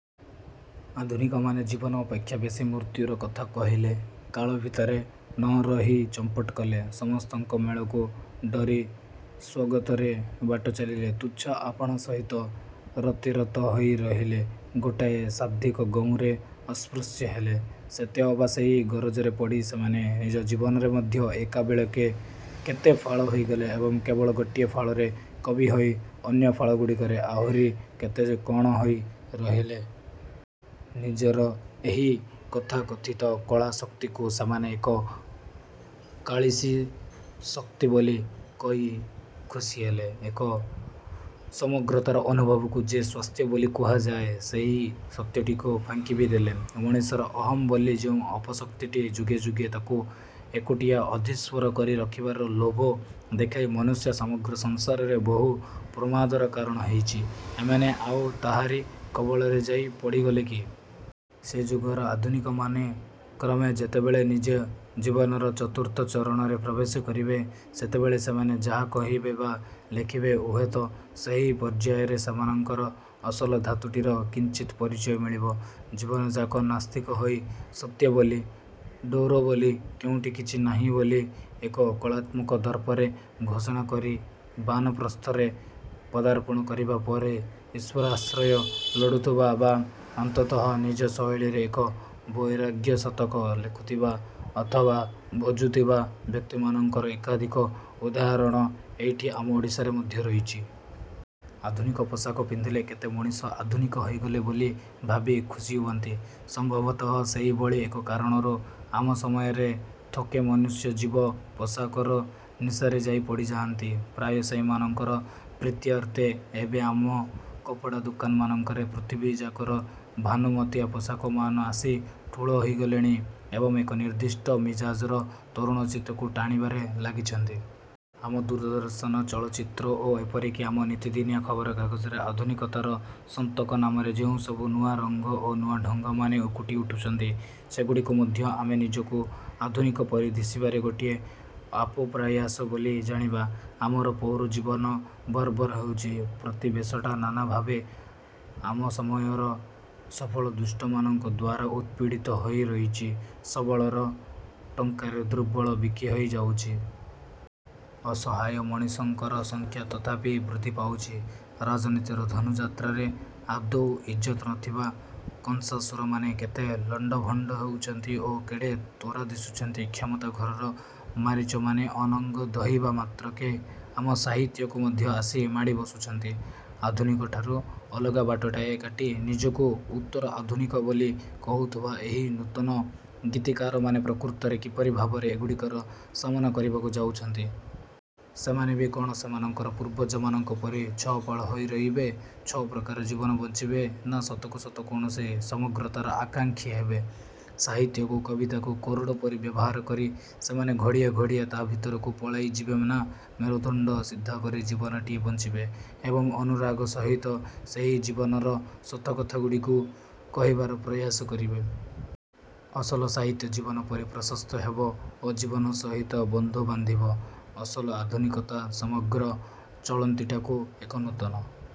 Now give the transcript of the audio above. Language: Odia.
ଆଧୁନିକମାନେ ଜୀବନ ଅପେକ୍ଷା ବେଶୀ ମୃତ୍ୟୁର କଥା କହିଲେ, କାଳ ଭିତରେ ନରହି ଚମ୍ପଟ କଲେ, ସମସ୍ତଙ୍କ ମେଳକୁ ଡ଼ରି ସ୍ଵଗତରେ ବାଟ ଚାଲିଲେ, ତୁଚ୍ଛା ଆପଣା ସହିତ ରତିରତ ହୋଇ ରହିଲେ, ଗୋଟାଏ ଶାବ୍ଦିକ ଗଉଁରେ ଅସ୍ପୃଶ୍ୟ ହେଲେ। ସତେଅବା ସେହି ଗରଜରେ ପଡ଼ି ସେମାନେ ନିଜ ଜୀବନରେ ମଧ୍ୟ ଏକାବେଳେକେ କେତେ ଫାଳ ହୋଇଗଲେ ଏବଂ କେବଳ ଗୋଟିଏ ଫାଳରେ କବି ହୋଇ ଅନ୍ୟ ଫାଳଗୁଡ଼ିକରେ ଆହୁରି କେତେ କଣ ହୋଇ ରହିଲେ। ନିଜର ଏହି ତଥାକଥିତ କଳାଶକ୍ତିକୁ ସେମାନେ ଏକ କାଳିସୀଶକ୍ତି ବୋଲି କହି ଖୁସି ହେଲେ। ଏକ ସମଗ୍ରତାର ଅନୁଭବକୁ ଯେ ସ୍ଵାସ୍ଥ୍ୟ ବୋଲି କୁହାଯାଏ, ସେହି ସତ୍ୟଟିକୁ ଫାଙ୍କି ବି ଦେଲେ। ମଣିଷର ଅହଂ ବୋଲି ଯେଉଁ ଅପଶକ୍ତିଟି ଯୁଗେ ଯୁଗେ ତାକୁ ଏକୁଟିଆ ଅଧୀଶ୍ୱର କରି ରଖିବାର ଲୋଭ ଦେଖାଇ ମନୁଷ୍ୟ ସମଗ୍ରର ସଂସାରରେ ବହୁ ପ୍ରମାଦର କାରଣ ହୋଇଛି, ଏମାନେ ଆଉ ତାହାରି କବଳରେ ଯାଇ ପଡ଼ିଗଲେ କି? ସେ ଯୁଗର ଆଧୁନିକମାନେ କ୍ରମେ ଯେତେବେଳେ ନିଜ ଜୀବନର ଚତୁର୍ଥ ଚରଣରେ ପ୍ରବେଶ କରିବେ, ସେତେବେଳେ ସେମାନେ ଯାହା କହିବେ ବା ଲେଖିବେ ହୁଏତ ସେହି ପର୍ଯ୍ୟାୟରେ ସେମାନଙ୍କର ଅସଲ ଧାତୁଟିର କିଞ୍ଚିତ ପରିଚୟ ମିଳିବ। ଜୀବନଯାକ ନାସ୍ତିକ ହୋଇ, ସତ୍ୟ ବୋଲି, ଡୋର ବୋଲି କେଉଁଠି କିଛି ନାହିଁ ବୋଲି ଏକ କଳାତ୍ମକ ଦର୍ପରେ ଘୋଷଣା କରି ବାନପ୍ରସ୍ଥରେ ପଦାର୍ପଣ କରିବା ପରେ ଈଶ୍ୱରାଶ୍ରୟ ଲୋଡୁଥିବା ବା ଅନ୍ତତଃ ନିଜ ଶୈଳୀରେ ଏକ ବୈରାଗ୍ୟଶତକ ଲେଖୁଥିବା ଅଥବା ଭଜୁଥିବା ବ୍ୟକ୍ତିମାନଙ୍କର ଏକାଧିକ ଉଦାହରଣ ଏଇଠି ଆମ ଓଡ଼ିଶାରେ ମଧ୍ୟ ରହିଛି। ଆଧୁନିକ ପୋଷାକ ପିନ୍ଧିଲେ କେତେ ମଣିଷ ଆଧୁନିକ ହୋଇଗଲେ ବୋଲି ଭାବି ଖୁସୀ ହୁଅନ୍ତି। ସମ୍ଭବତଃ ସେହିଭଳି ଏକ କାରଣରୁ ଆମ ସମୟର ଥୋକେ ମନୁଷ୍ୟଜୀବ ପୋଷାକର ନିଶାରେ ଯାଇ ପଡ଼ିଯାଆନ୍ତି। ପ୍ରାୟ ସେହିମାନଙ୍କର ପ୍ରୀତ୍ୟର୍ଥେ ଏବେ ଆମ କପଡ଼ାଦୋକାନମାନଙ୍କରେ ପୃଥିବୀଯାକର ଭାନୁମତିଆ ପୋଷାକମାନ ଆସି ଠୁଳ ହୋଇଗଲେଣି ଏବଂ ଏକ ନିର୍ଦ୍ଦିଷ୍ଟ ମିଜାଜର ତରୁଣଚିତ୍ତକୁ ଟାଣିବାରେ ଲାଗିଛନ୍ତି। ଆମ ଦୂରଦର୍ଶନ, ଚଳଚ୍ଚିତ୍ର ଓ ଏପରିକି ଆମ ନିତିଦିନିଆ ଖବରକାଗଜରେ ଆଧୁନିକତାର ସନ୍ତକ ନାମରେ ଯେଉଁସବୁ ନୂଆ ରଙ୍ଗ ଓ ନୂଆ ଢ଼ଙ୍ଗମାନେ ଉକୁଟି ଉଠୁଛନ୍ତି, ସେଗୁଡ଼ିକୁ ମଧ୍ୟ ଆମେ ନିଜକୁ ଆଧୁନିକ ପରି ଦିଶିବାର ଗୋଟିଏ ଆପପ୍ରୟାସ ବୋଲି ଜାଣିବା। ଆମର ପୌରଜୀବନ ବର୍ବର ହେଉଛି, ପ୍ରତିବେଶଟା ନାନା ଭାବେ ଆମ ସମୟର ସଫଳ ଦୁଷ୍ଟମାନଙ୍କ ଦ୍ଵାରା ଉତ୍ପୀଡ଼ିତ ହୋଇ ରହିଛି, ସବଳର ଟଙ୍କାରେ ଦୁର୍ବଳ ବିକି ହୋଇ ଯାଉଛି। ଅସହାୟ ମଣିଷଙ୍କର ସଂଖ୍ୟା ତଥାପି ବୃଦ୍ଧି ପାଉଛି, ରାଜନୀତିର ଧନୁଯାତ୍ରାରେ ଆଦୌ ଇଜ୍ଜତ ନଥିବା କଂସାସୁରମାନେ କେତେ ଲଣ୍ଡଭଣ୍ଡ ହେଉଛନ୍ତି ଓ କେଡ଼େ ତୋର ଦିଶୁଛନ୍ତି, କ୍ଷମତା ଘରର ମାରୀଚମାନେ ଅନଙ୍ଗ ଦହିବା ମାତ୍ରକେ ଆମ ସାହିତ୍ୟକୁ ମଧ୍ୟ ଆସି ମାଡ଼ି ବସୁଛନ୍ତି। ଆଧୁନିକଠାରୁ ଅଲଗା ବାଟଟାଏ କାଟି ନିଜକୁ ଉତ୍ତର ଆଧୁନିକ ବୋଲି କହୁଥିବା ଏହି ନୂତନ ଗୀତିକାରମାନେ ପ୍ରକୃତରେ କିପରି ଭାବରେ ଏଗୁଡ଼ିକର ସାମନା କରିବାକୁ ଯାଉଛନ୍ତି? ସେମାନେ ବି କଣ ସେମାନଙ୍କର ପୂର୍ବଜମାନଙ୍କ ପରି ଛଅଫାଳ ହୋଇ ରହିବେ, ଛଅପ୍ରକାର ଜୀବନ ବଞ୍ଚିବେ ନା ସତକୁ ସତ କୌଣସି ସମଗ୍ରତାର ଆକାଂକ୍ଷୀ ହେବେ? ସାହିତ୍ୟକୁ, କବିତାକୁ କୋରଡ଼ ପରି ବ୍ୟବହାର କରି ସେମାନେ ଘଡ଼ିଏ ଘଡ଼ିଏ ତା ଭିତରକୁ ପଳାଇ ଯିବେ ନା ମେରୁଦଣ୍ଡ ସିଧା କରି ଜୀବନଟିଏ ବଞ୍ଚିବେ ଏବଂ ଅନୁରାଗ ସହିତ ସେହି ଜୀବନର ସତକଥାଗୁଡ଼ିକୁ କହିବାର ପ୍ରୟାସ କରିବେ? ଅସଲ ସାହିତ୍ୟ ଜୀବନ ପରି ପ୍ରଶସ୍ତ ହେବ ଓ ଜୀବନ ସହିତ ବନ୍ଧୁ ବାନ୍ଧିବ। ଅସଲ ଆଧୁନିକତା ସମଗ୍ର ଚଳନ୍ତିଟାକୁ ଏକ ନୂତନ